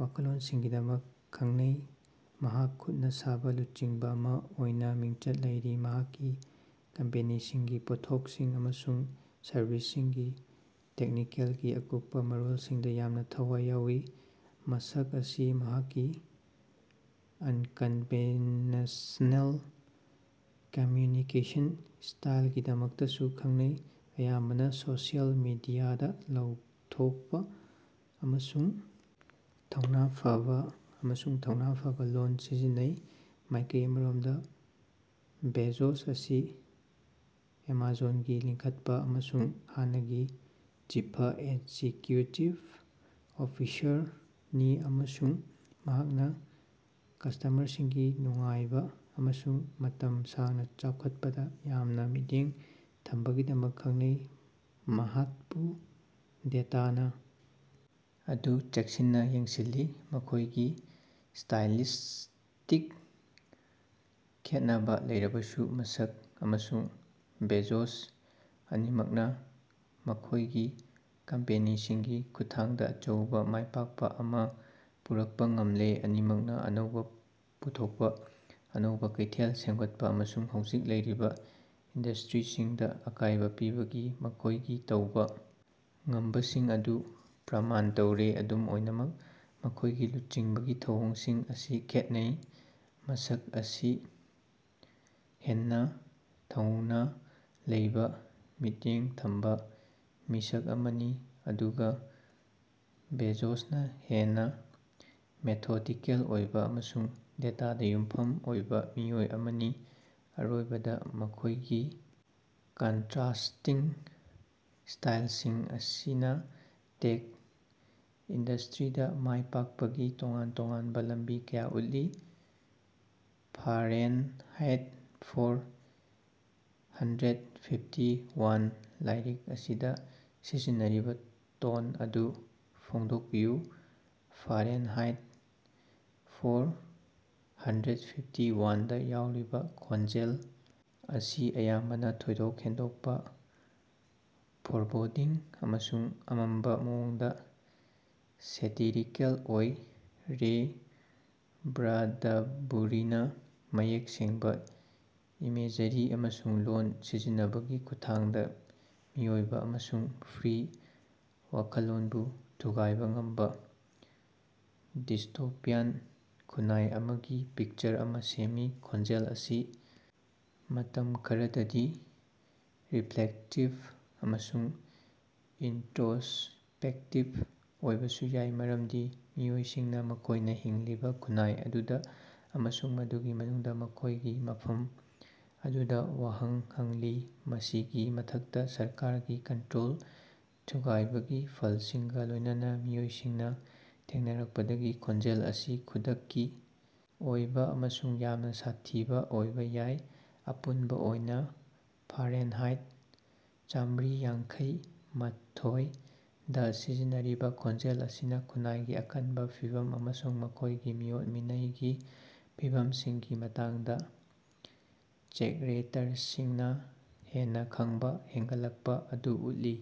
ꯋꯥꯈꯜꯂꯣꯟꯁꯤꯡꯒꯤꯗꯃꯛ ꯈꯪꯅꯩ꯫ ꯃꯍꯥꯛ ꯈꯨꯠꯅ ꯁꯥꯕ ꯂꯨꯆꯤꯡꯕ ꯑꯃ ꯑꯣꯏꯅ ꯃꯤꯡꯆꯠ ꯂꯩꯔꯤ, ꯃꯍꯥꯛꯀꯤ ꯀꯝꯄꯦꯅꯤꯁꯤꯡꯒꯤ ꯄꯣꯠꯊꯣꯛꯁꯤꯡ ꯑꯃꯁꯨꯡ ꯁꯔꯕꯤꯁꯁꯤꯡꯒꯤ ꯇꯦꯛꯅꯤꯀꯦꯜꯒꯤ ꯑꯀꯨꯞꯄ ꯃꯔꯣꯜꯁꯤꯡꯗ ꯌꯥꯝꯅ ꯊꯋꯥꯏ ꯌꯥꯎꯏ꯫ ꯃꯁꯛ ꯑꯁꯤ ꯃꯍꯥꯛꯀꯤ ꯑꯟꯀꯟꯚꯦꯅꯁꯅꯦꯜ ꯀꯝꯃ꯭ꯌꯨꯅꯤꯀꯦꯁꯟ ꯁ꯭ꯇꯥꯏꯜꯒꯤꯗꯃꯛꯇꯁꯨ ꯈꯪꯅꯩ, ꯑꯌꯥꯝꯕꯅ ꯁꯣꯁꯤꯌꯦꯜ ꯃꯤꯗꯤꯌꯥꯗ ꯂꯥꯎꯊꯣꯛꯄ ꯑꯃꯁꯨꯡ ꯊꯧꯅ ꯐꯕꯥ ꯑꯃꯁꯨꯡ ꯊꯧꯅ ꯐꯕꯥ ꯂꯣꯜ ꯁꯤꯖꯤꯟꯅꯩ꯫ ꯃꯥꯏꯀꯩ ꯑꯃꯔꯣꯝꯗ ꯕꯦꯖꯣꯁ ꯑꯁꯤ ꯑꯦꯃꯥꯖꯣꯟꯒꯤ ꯂꯤꯡꯈꯠꯄ ꯑꯃꯁꯨꯡ ꯍꯥꯟꯅꯒꯤ ꯆꯤꯐ ꯑꯦꯖꯦꯀ꯭ꯌꯨꯇꯤꯐ ꯑꯣꯐꯤꯁꯥꯔ ꯅꯤ ꯑꯃꯁꯨꯡ ꯃꯍꯥꯛꯅ ꯀꯁ꯭ꯇꯃꯔꯁꯤꯡꯒꯤ ꯅꯨꯡꯉꯥꯏꯕ ꯑꯃꯁꯨꯡ ꯃꯇꯝ ꯁꯥꯡꯅ ꯆꯥꯎꯈꯠꯄꯗꯥ ꯌꯥꯝꯅ ꯃꯤꯠꯌꯦꯡ ꯊꯝꯕꯒꯤꯗꯃꯛ ꯈꯪꯅꯩ꯫ ꯃꯍꯥꯛꯄꯨ ꯗꯦꯇꯥꯅ ꯑꯗꯨ ꯆꯦꯛꯁꯤꯟꯅ ꯌꯦꯡꯁꯤꯜꯂꯤ꯫ ꯃꯈꯣꯏꯒꯤ ꯁ꯭ꯇꯥꯏꯂꯤꯁ꯭ꯇꯤꯛ ꯈꯦꯠꯅꯕ ꯂꯩꯔꯕꯁꯨ ꯃꯁ꯭ꯛ ꯑꯃꯁꯨꯡ ꯕꯦꯖꯣꯁ ꯑꯅꯤꯃꯛꯅ ꯃꯈꯣꯏꯒꯤ ꯀꯝꯄꯦꯅꯤꯁꯤꯡꯒꯤ ꯈꯨꯠꯊꯥꯡꯗ ꯑꯆꯧꯕ ꯃꯥꯏꯄꯥꯛꯄ ꯑꯃ ꯄꯨꯔꯛꯄ ꯉꯝꯂꯦ꯫ ꯑꯅꯤꯃꯛꯅ ꯑꯅꯧꯕ ꯄꯨꯊꯣꯛꯄ, ꯑꯅꯧꯕ ꯀꯩꯊꯦꯜ ꯁꯦꯝꯒꯠꯄ, ꯑꯃꯁꯨꯡ ꯍꯧꯖꯤꯛ ꯂꯩꯔꯤꯕ ꯏꯟꯗꯁꯇ꯭ꯔꯤꯁꯤꯡꯗ ꯑꯀꯥꯏꯕ ꯄꯤꯕꯒꯤ ꯃꯈꯣꯏꯒꯤ ꯇꯧꯕ ꯉꯝꯕꯁꯤꯡ ꯑꯗꯨ ꯄ꯭ꯔꯃꯥꯟ ꯇꯧꯔꯦ꯫ ꯑꯗꯨꯝ ꯑꯣꯏꯅꯃꯛ, ꯃꯈꯣꯏꯒꯤ ꯂꯨꯆꯤꯡꯕꯒꯤ ꯊꯧꯑꯣꯡꯁꯤꯡ ꯑꯁꯤ ꯈꯦꯠꯅꯩ, ꯃꯁꯛ ꯑꯁꯤ ꯍꯦꯟꯅ ꯊꯧꯅ ꯂꯩꯕ ꯃꯤꯠꯌꯦꯡ ꯊꯝꯕ ꯃꯤꯁꯛ ꯑꯃꯅꯤ, ꯑꯗꯨꯒ ꯕꯦꯖꯣꯁꯅꯥ ꯍꯦꯟꯅ ꯃꯦꯊꯣꯗꯤꯀꯦꯜ ꯑꯣꯏꯕ ꯑꯃꯁꯨꯡ ꯗꯦꯇꯥꯗ ꯌꯨꯝꯐꯝ ꯑꯣꯏꯕ ꯃꯤꯑꯣꯏ ꯑꯃꯅꯤ꯫ ꯑꯔꯣꯏꯕꯗ ꯃꯈꯣꯏꯒꯤ ꯀꯟꯇꯔꯥꯁ꯭ꯇꯤꯡ ꯁ꯭ꯇꯥꯏꯜꯁꯤꯡ ꯑꯁꯤꯅ ꯇꯦꯛ ꯏꯟꯗꯁꯇ꯭ꯔꯤꯗꯥ ꯃꯥꯏ ꯄꯥꯛꯄꯒꯤ ꯇꯣꯉꯥꯟ ꯇꯣꯉꯥꯟꯕ ꯂꯝꯕꯤ ꯀꯌꯥ ꯎꯠꯂꯤ꯫ Fahrenheit - four hundred fifty one ꯂꯥꯏꯔꯤꯛ ꯑꯁꯤꯗ ꯁꯤꯖꯤꯟꯅꯔꯤꯕ ꯇꯣꯟ ꯑꯗꯨ ꯐꯣꯡꯗꯣꯛꯄꯤꯌꯨ꯫ Fahrenheit - four hundred fifty one ꯗꯥ ꯌꯥꯎꯔꯤꯕ ꯈꯣꯟꯖꯦꯜ ꯑꯁꯤ ꯑꯌꯥꯝꯕꯅ ꯊꯣꯏꯗꯣꯛ ꯍꯦꯟꯗꯣꯛꯄ, ꯐꯣꯔꯕꯣꯗꯤꯡ ꯑꯃꯁꯨꯡ ꯑꯃꯝꯕ ꯃꯑꯣꯡꯗ ꯁꯦꯇꯤꯔꯤꯀꯦꯜ ꯑꯣꯏ꯫ ꯔꯦ ꯕ꯭ꯔꯗꯕꯨꯔꯤꯅꯥ ꯃꯌꯦꯛ ꯁꯦꯡꯕꯥ ꯏꯃꯦꯖꯔꯤ ꯑꯃꯁꯨꯡ ꯂꯣꯜ ꯁꯤꯖꯤꯟꯅꯕꯒꯤ ꯈꯨꯠꯊꯥꯡꯗ ꯃꯤꯑꯣꯏꯕ ꯑꯃꯁꯨꯡ ꯐ꯭ꯔꯤ ꯋꯥꯈꯜꯂꯣꯟꯕꯨ ꯊꯨꯒꯥꯏꯕ ꯉꯝꯕ ꯗꯤꯁ꯭ꯇꯣꯄꯤꯌꯥꯟ ꯈꯨꯟꯅꯥꯏ ꯑꯃꯒꯤ ꯄꯤꯛꯆꯔ ꯑꯃ ꯁꯦꯝꯃꯤ꯫ ꯈꯣꯟꯖꯦꯜ ꯑꯁꯤ ꯃꯇꯝ ꯈꯔꯗꯗꯤ ꯔꯤꯐ꯭ꯂꯦꯛꯇꯤꯕ ꯑꯃꯁꯨꯡ ꯏꯟꯇꯔꯣꯁ꯭ꯄꯦꯛꯇꯤꯕ ꯑꯣꯏꯕꯁꯨ ꯌꯥꯏ, ꯃꯔꯝꯗꯤ ꯃꯤꯑꯣꯏꯁꯤꯡꯅ ꯃꯈꯣꯏꯅ ꯍꯤꯡꯂꯤꯕ ꯈꯨꯟꯅꯥꯏ ꯑꯗꯨꯗ ꯑꯃꯁꯨꯡ ꯃꯗꯨꯒꯤ ꯃꯅꯨꯡꯗ ꯃꯈꯣꯏꯒꯤ ꯃꯐꯝ ꯑꯗꯨꯗ ꯋꯥꯍꯪ ꯍꯪꯂꯤ꯫ ꯃꯁꯤꯒꯤ ꯃꯊꯛꯇ, ꯁꯔꯀꯥꯔꯒꯤ ꯀꯟꯇꯔꯣꯜ ꯊꯨꯒꯥꯏꯕꯒꯤ ꯐꯜꯁꯤꯡꯒ ꯂꯣꯏꯅꯅꯥ ꯃꯤꯑꯣꯏꯁꯤꯡꯅ ꯊꯦꯡꯅꯔꯛꯄꯗꯒꯤ ꯈꯣꯟꯖꯦꯜ ꯑꯁꯤ ꯈꯨꯗꯛꯀꯤ ꯑꯣꯏꯕ ꯑꯃꯁꯨꯡ ꯌꯥꯝꯅ ꯁꯥꯊꯤꯕ ꯑꯣꯏꯕ ꯌꯥꯏ꯫ ꯑꯄꯨꯟꯕ ꯑꯣꯏꯅ, ꯐꯥꯔꯦꯟꯍꯥꯏꯠ ꯆꯥꯝꯔꯤ ꯌꯥꯡꯈꯩ ꯃꯥꯊꯣꯏ ꯗꯥ ꯁꯤꯖꯤꯟꯅꯔꯤꯕꯥ ꯈꯣꯟꯖꯦꯜ ꯑꯁꯤꯅ ꯈꯨꯟꯅꯥꯏꯒꯤ ꯑꯀꯟꯕ ꯐꯤꯚꯝ ꯑꯃꯁꯨꯡ ꯃꯈꯣꯏꯒꯤ ꯃꯤꯑꯣꯠ-ꯃꯤꯅꯩꯒꯤ ꯐꯤꯚꯝꯁꯤꯡꯒꯤ ꯃꯇꯥꯡꯗ ꯆꯦꯛꯔꯦꯇꯔꯁꯤꯡꯅ ꯍꯦꯟꯅ ꯈꯪꯕ ꯍꯦꯟꯒꯠꯂꯛꯄ ꯑꯗꯨ ꯎꯠꯂꯤ꯫